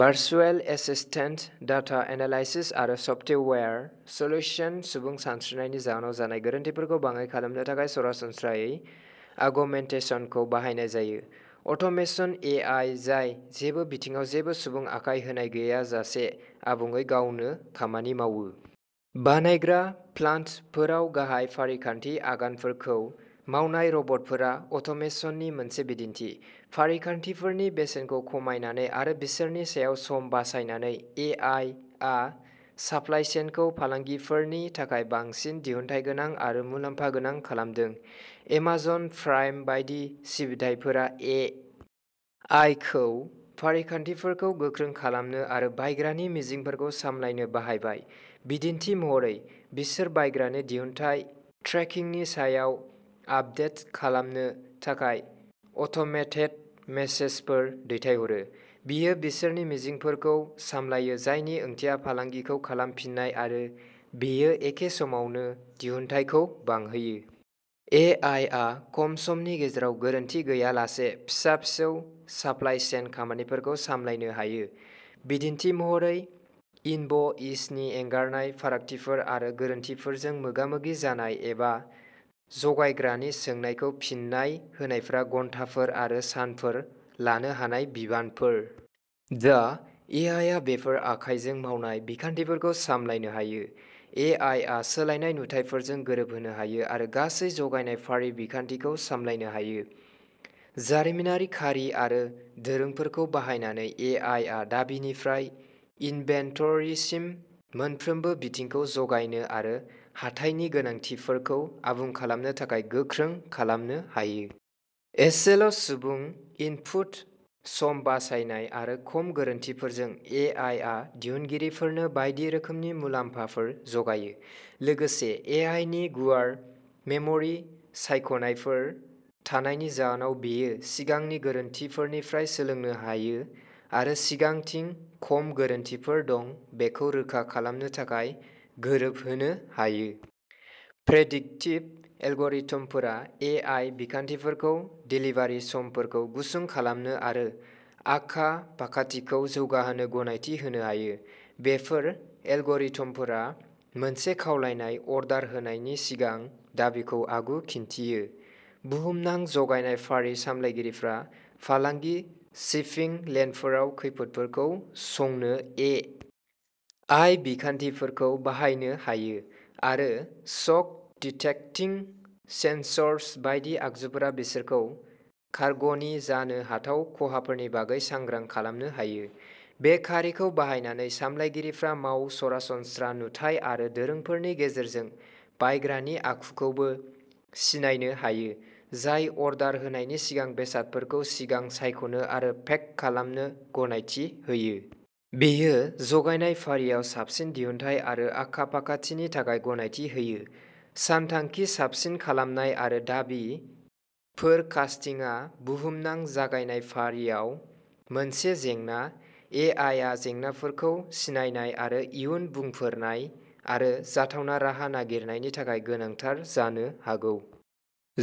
Virtual assistant, data analysis आरो software solution. सुबुं सानस्रिनायनि जाहोनाव जानाय गोरोन्थिफोरखौ बाङाइ खालामनो थाखाय सरासनस्रायै आगमेन्टेसनखौ बाहायनाय जायो। अट'मेसनः ए. आइ. जाय जेबो बिथिङाव जेबो सुबुं आखाय होनाय गैयाजासे आबुङै गावनो खामानि मावो। बानायग्रा प्लान्टफोराव गाहाय फारिखान्थि आगानफोरखौ मावनाय रबटफोरा अट'मेसननि मोनसे बिदिन्थि। फारिखान्थिफोरनि बेसेनखौ खमायनानै आरो बिसोरनि सायाव सम बासायनानै, ए. आइ. आ साप्लाइ चेनखौ फालांगिफोरनि थाखाय बांसिन दिहुनथायगोनां आरो मुलाम्फा गोनां खालामदों। एमाजन प्राइम बायदि सिबिथायफोरा ए. आइ. खौ फारिखान्थिफोरखौ गोख्रों खालामनो आरो बायग्रानि मिजिंफोरखौ सामलायनो बाहायबाय। बिदिन्थि महरै, बिसोर बायग्रानो दिहुनथाय ट्रेकिंनि सायाव आपदेट खालामनो थाखाय अट'मेटेड मेसेजफोर दैथायहरो। बेयो बिसोरनि मिजिंफोरखौ सामलायो, जायनि ओंथिया फालांगिखौ खालामफिननाय, आरो बेयो एखे समावनो दिहुनथायखौ बांहोयो। ए. आइ. आ खम समनि गेजेराव गोरोन्थि गैयालासे फिसा-फिसौ साप्लाइ चेन खामानिफोरखौ सामलायनो हायो। बिदिन्थि महरै, इनभ'इसनि एंगारनाय, फारागथिफोर आरो गोरोन्थिफोरजों मोगा-मोगि जानाय एबा जगायग्रानि सोंनायखौ फिननाय होनायफोरा घन्टाफोर आरो सानफोर लानो हानाय बिबानफोर। दा, ए. आइ. आ बेफोर आखाइजों मावनाय बिखान्थिफोरखौ सामलायनो हायो। ए. आइ. आ सोलायनाय नुथायफोरजों गोरोबहोनो हायो आरो गासै जगायनाय फारि बिखान्थिखौ सामलायनो हायो। जारिमिनारि खारि आरो दोरोंफोरखौ बाहायनानै, ए. आइ. आ दाबिनिफ्राय इनभेन्टरिसिम मोनफ्रोमबो बिथिंखौ जगायनो आरो हाथाइनि गोनांथिफोरखौ आबुं खालामनो थाखाय गोख्रों खालामनो हायो। एसेल'सुबुं इनपुट, सम बासायनाय आरो खम गोरोन्थिफोरजों, ए. आइ. आ दिहुनगिरिफोरनो बायदि रोखोमनि मुलाम्फाफोर जगायो। लोगोसे, ए. आइ. नि गुवार मेम'रि सायख'नायफोर थानायनि जाहोनाव, बेयो सिगांनि गोरोन्थिफोरनिफ्राय सोलोंनो हायो आरो सिगांथिं खम गोरोन्थिफोर दं बेखौ रोखा खालामनो थाखाय गोरोबहोनो हायो। प्रेडिक्टिभ एलग'रिथमफोरा ए. आइ. बिखान्थिफोरखौ देलिभारि समफोरखौ गुसुं खालामनो आरो आखा-फाखाथिखौ जौगाहोनो गनायथि होनो हायो। बेफोर एलग'रिथमफोरा मोनसे खावलायनाय अर्डार होनायनि सिगां दाबिखौ आगु-खिन्थियो। बुहुमनां जगायनाय फारि सामलायगिरिफोरा फालांगि शिपिं लेनफोराव खैफोदफोरखौ संनो ए. आइ. बिखान्थिफोरखौ बाहायनो हायो, आरो शक-डिटेक्टिं सेन्सर्स बायदि आगजुफोरा बिसोरखौ कार्ग'नि जानो हाथाव खहाफोरनि बागै सांग्रां खालामनो हायो। बे खारिखौ बाहायनानै, सामलायगिरिफोरा माव सरासनस्रा नुथाय आरो दोरोंफोरनि गेजेरजों बायग्रानि आखुखौबो सिनायनो हायो, जाय अर्डार होनायनि सिगां बेसादफोरखौ सिगां सायख'नो आरो पेक खालामनो गनायथि होयो। बेयो जगायनाय फारिआव साबसिन दिहुनथाय आरो आखा-फाखाथिनि थाखाय गनायथि होयो। सानथांखि, साबसिन खालामनाय आरो दाबि फोरकास्टिंआ बुहुमनां जगायनाय फारिआव मोनसे जेंना। ए. आइ. आ जेंनाफोरखौ सिनायनाय आरो इयुन बुंफोरनाय आरो जाथावना राहा नागिरनायनि थाखाय गोनांथार जानो हागौ।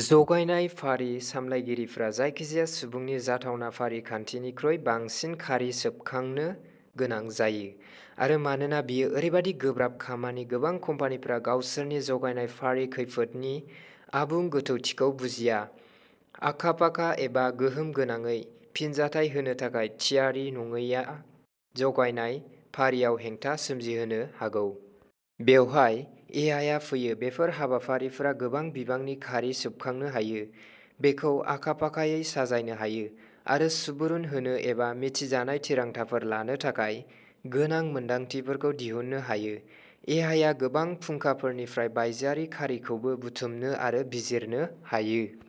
जगायनाय फारि सामलायगिरिफोरा जायखिजाया सुबुंनि जाथावना फारिखान्थिनिख्रुइ बांसिन खारि सोबखांनो गोनां जायो, आरो मानोना बेयो ओरैबायदि गोब्राब खामानि, गोबां कम्पानिफोरा गावसोरनि जगायनाय फारि खैफोदनि आबुं गोथौथिखौ बुजिया। आखा-फाखा एबा गोहोमगोनाङै फिनजाथाय होनो थाखाय थियारि नङैआ जगायनाय फारिआव हेंथा सोमजिहोनो हागौ। बेवहाय ए. आइ. आ फैयो। बेफोर हाबाफारिफोरा गोबां बिबांनि खारि सोबखांनो हायो, बेखौ आखा-फाखायै साजायनो हायो, आरो सुबुरुन होनो एबा मिथिजानाय थिरांथाफोर लानो थाखाय गोनां मोनदांथिफोरखौ दिहुननो हायो। ए. आइ. आ गोबां फुंखाफोरनिफ्राय बायजोआरि खारिखौबो बुथुमनो आरो बिजिरनो हायो,